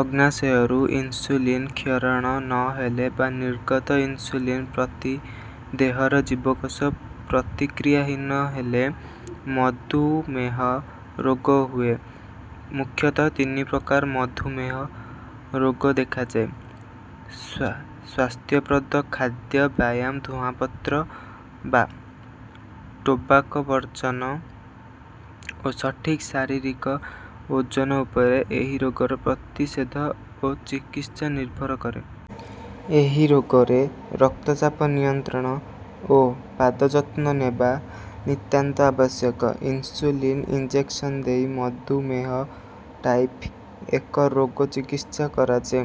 ଅଗ୍ନାଶୟରୁ insulin କ୍ଷରଣ ନ ହେଲେ ବା ନିର୍ଗତ ଇନସୁଲିନ ପ୍ରତି ଦେହର ଜୀବକୋଷ ପ୍ରତିକ୍ରିୟାହୀନ ହେଲେ ମଧୁମେହ ରୋଗ ହୁଏ। ମୁଖ୍ୟତଃ ତିନି ପ୍ରକାର ମଧୁମେହ ରୋଗ ଦେଖାଯାଏ। ସ୍ୱାସ୍ଥ୍ୟପ୍ରଦ ଖାଦ୍ୟ ବ୍ୟାୟାମ ଧୂଆଁପତ୍ର ବା ଟୋବାକୋ ବର୍ଜନ ଓ ସଠିକ ଶାରୀରିକ ଓଜନ ଉପରେ ଏହି ରୋଗର ପ୍ରତିଷେଧ ଓ ଚିକିତ୍ସା ନିର୍ଭର କରେ। ଏହି ରୋଗରେ ରକ୍ତଚାପ ନିୟନ୍ତ୍ରଣ ଓ ପାଦଯତ୍ନ ନେବା ନିତାନ୍ତ ଆବଶ୍ୟକ। ଇନସୁଲିନ ଇଞ୍ଜେକସନ ଦେଇ ମଧୁମେହ ଟାଇପ ଏକ ରୋଗ ଚିକିତ୍ସା କରାଯାଏ।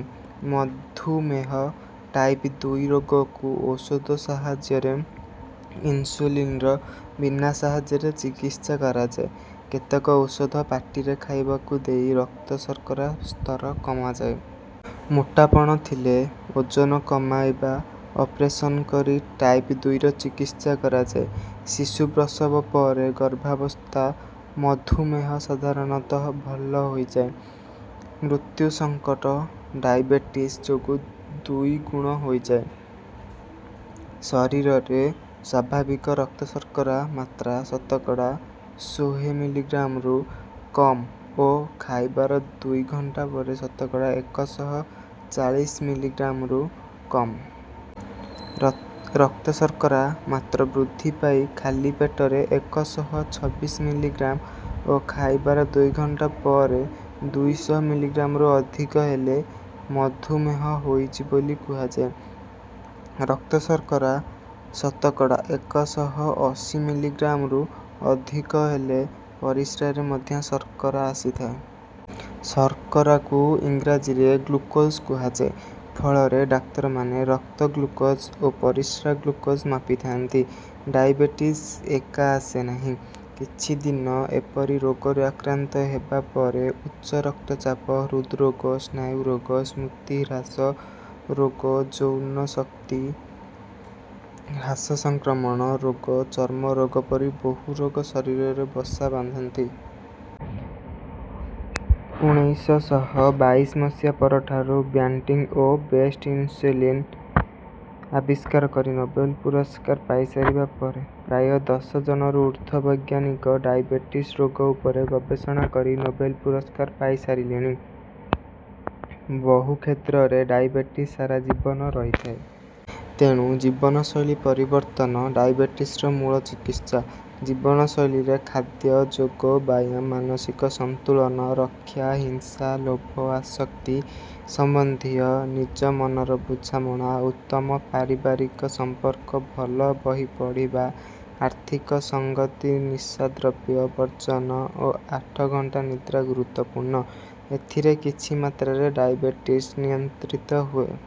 ମଧୁମେହ ଟାଇପ ଦୁଇ ରୋଗକୁ ଔଷଧ ସାହାଯ୍ୟରେ ଇନସୁଲିନର ବିନା ସାହାଯ୍ୟରେ ଚିକିତ୍ସା କରାଯାଏ। କେତେକ ଔଷଧ ପାଟିରେ ଖାଇବାକୁ ଦେଇ ରକ୍ତଶର୍କରା ସ୍ତର କମାଯାଏ। ମୋଟାପଣ ଥିଲେ ଓଜନ କମାଇବା ଅପରେସନ କରି ଟାଇପ ଦୁଇର ଚିକିତ୍ସା କରାଯାଏ। ଶିଶୁ ପ୍ରସବ ପରେ ଗର୍ଭାବସ୍ଥା ମଧୁମେହ ସାଧାରଣତଃ ଭଲ ହୋଇଯାଏ। ମୃତ୍ୟୁ ସଙ୍କଟ ଡାଏବେଟିସ ଯୋଗୁ ଦୁଇ ଗୁଣ ହୋଇଯାଏ। ଶରୀରରେ ସ୍ୱାଭାବିକ ରକ୍ତଶର୍କରା ମାତ୍ରା ଶତକଡ଼ା ସୋହେ ମିଲିଗ୍ରାମରୁ କମ ଓ ଖାଇବାର ଦୁଇ ଘଣ୍ଟା ପରେ ଶତକଡ଼ା ଏକ ଶହ ଚାଳିଶି ମିଲିଗ୍ରାମରୁ କମ। ରକ୍ତଶର୍କରା ମାତ୍ରା ବୃଦ୍ଧି ପାଇ ଖାଲି ପେଟରେ ଏକ ଶହ ଛବିଶି ମିଲିଗ୍ରାମ ଓ ଖାଇବାର ଦୁଇ ଘଣ୍ଟା ପରେ ଦୁଇ ଶହ ମିଲିଗ୍ରାମରୁ ଅଧିକ ହେଲେ ମଧୁମେହ ହୋଇଛି ବୋଲି କୁହାଯାଏ। ରକ୍ତଶର୍କରା ଶତକଡ଼ା ଏକ ଶହ ଅଶୀ ମିଲିଗ୍ରାମରୁ ଅଧିକ ହେଲେ ପରିସ୍ରାରେ ମଧ୍ୟ ଶର୍କରା ଆସିଥାଏ। ଶର୍କରାକୁ ଇଂରାଜୀରେ ଗ୍ଲୁକୋଜ କୁହାଯାଏ। ଫଳରେ ଡାକ୍ତରମାନେ ରକ୍ତ ଗ୍ଲୁକୋଜ ଓ ପରିସ୍ରା ଗ୍ଲୁକୋଜ ମାପିଥାନ୍ତି। ଡାଇବେଟିସ ଏକା ଆସେ ନାହିଁ। କିଛି ଦିନ ଏପରି ରୋଗରେ ଆକ୍ରାନ୍ତ ହେବା ପରେ ଉଚ୍ଚ ରକ୍ତଚାପ ହୃଦରୋଗ ସ୍ନାୟୁରୋଗ ସ୍ମୃତିହ୍ରାସ ରୋଗ ଯୌନଶକ୍ତି ହ୍ରାସ ସଂକ୍ରମଣ ରୋଗ ଚର୍ମରୋଗ ପରି ବହୁ ରୋଗ ଶରୀରରେ ବସା ବାନ୍ଧନ୍ତି। ଉନାଇଶ ଶହ ବାଇଶି ମସିହା ପରଠାରୁ ବ୍ୟାଣ୍ଟିଂ ଓ ବେଷ୍ଟ ଇନସୁଲିନ ଆବିଷ୍କାର କରି ନୋବେଲ ପୁରସ୍କାର ପାଇସାରିବା ପରେ ପ୍ରାୟ ଦଶ ଜଣରୁ ଊର୍ଦ୍ଧ୍ୱ ବୈଜ୍ଞାନିକ ଡାଇବେଟିସ ରୋଗ ଉପରେ ଗବେଷଣା କରି ନୋବେଲ ପୁରସ୍କାର ପାଇସାରିଲେଣି। ବହୁ କ୍ଷେତ୍ରରେ ଡାଇବେଟିସ ସାରା ଜୀବନ ରହିଥାଏ। ତେଣୁ ଜୀବନଶୈଳୀ ପରିବର୍ତ୍ତନ ଡାଇବେଟିସର ମୂଳ ଚିକିତ୍ସା। ଜୀବନଶୈଳୀରେ ଖାଦ୍ୟ ଯୋଗ ବ୍ୟାୟାମ ମାନସିକ ସନ୍ତୁଳନ ରକ୍ଷା ହିଂସା ଲୋଭ ଆସକ୍ତି ସମ୍ବନ୍ଧୀୟ ନିଜ ମନର ବୁଝାମଣା ଉତ୍ତମ ପାରିବାରିକ ସମ୍ପର୍କ ଭଲ ବହି ପଢ଼ିବା ଆର୍ଥିକ ସଂଗତି ନିଶାଦ୍ରବ୍ୟ ବର୍ଜନ ଓ ଆଠ ଘଣ୍ଟା ନିଦ୍ରା ଗୁରୁତ୍ୱପୂର୍ଣ୍ଣ। ଏଥିରେ କିଛି ମାତ୍ରାରେ ଡାଇବେଟିସ ନିୟନ୍ତ୍ରିତ ହୁଏ।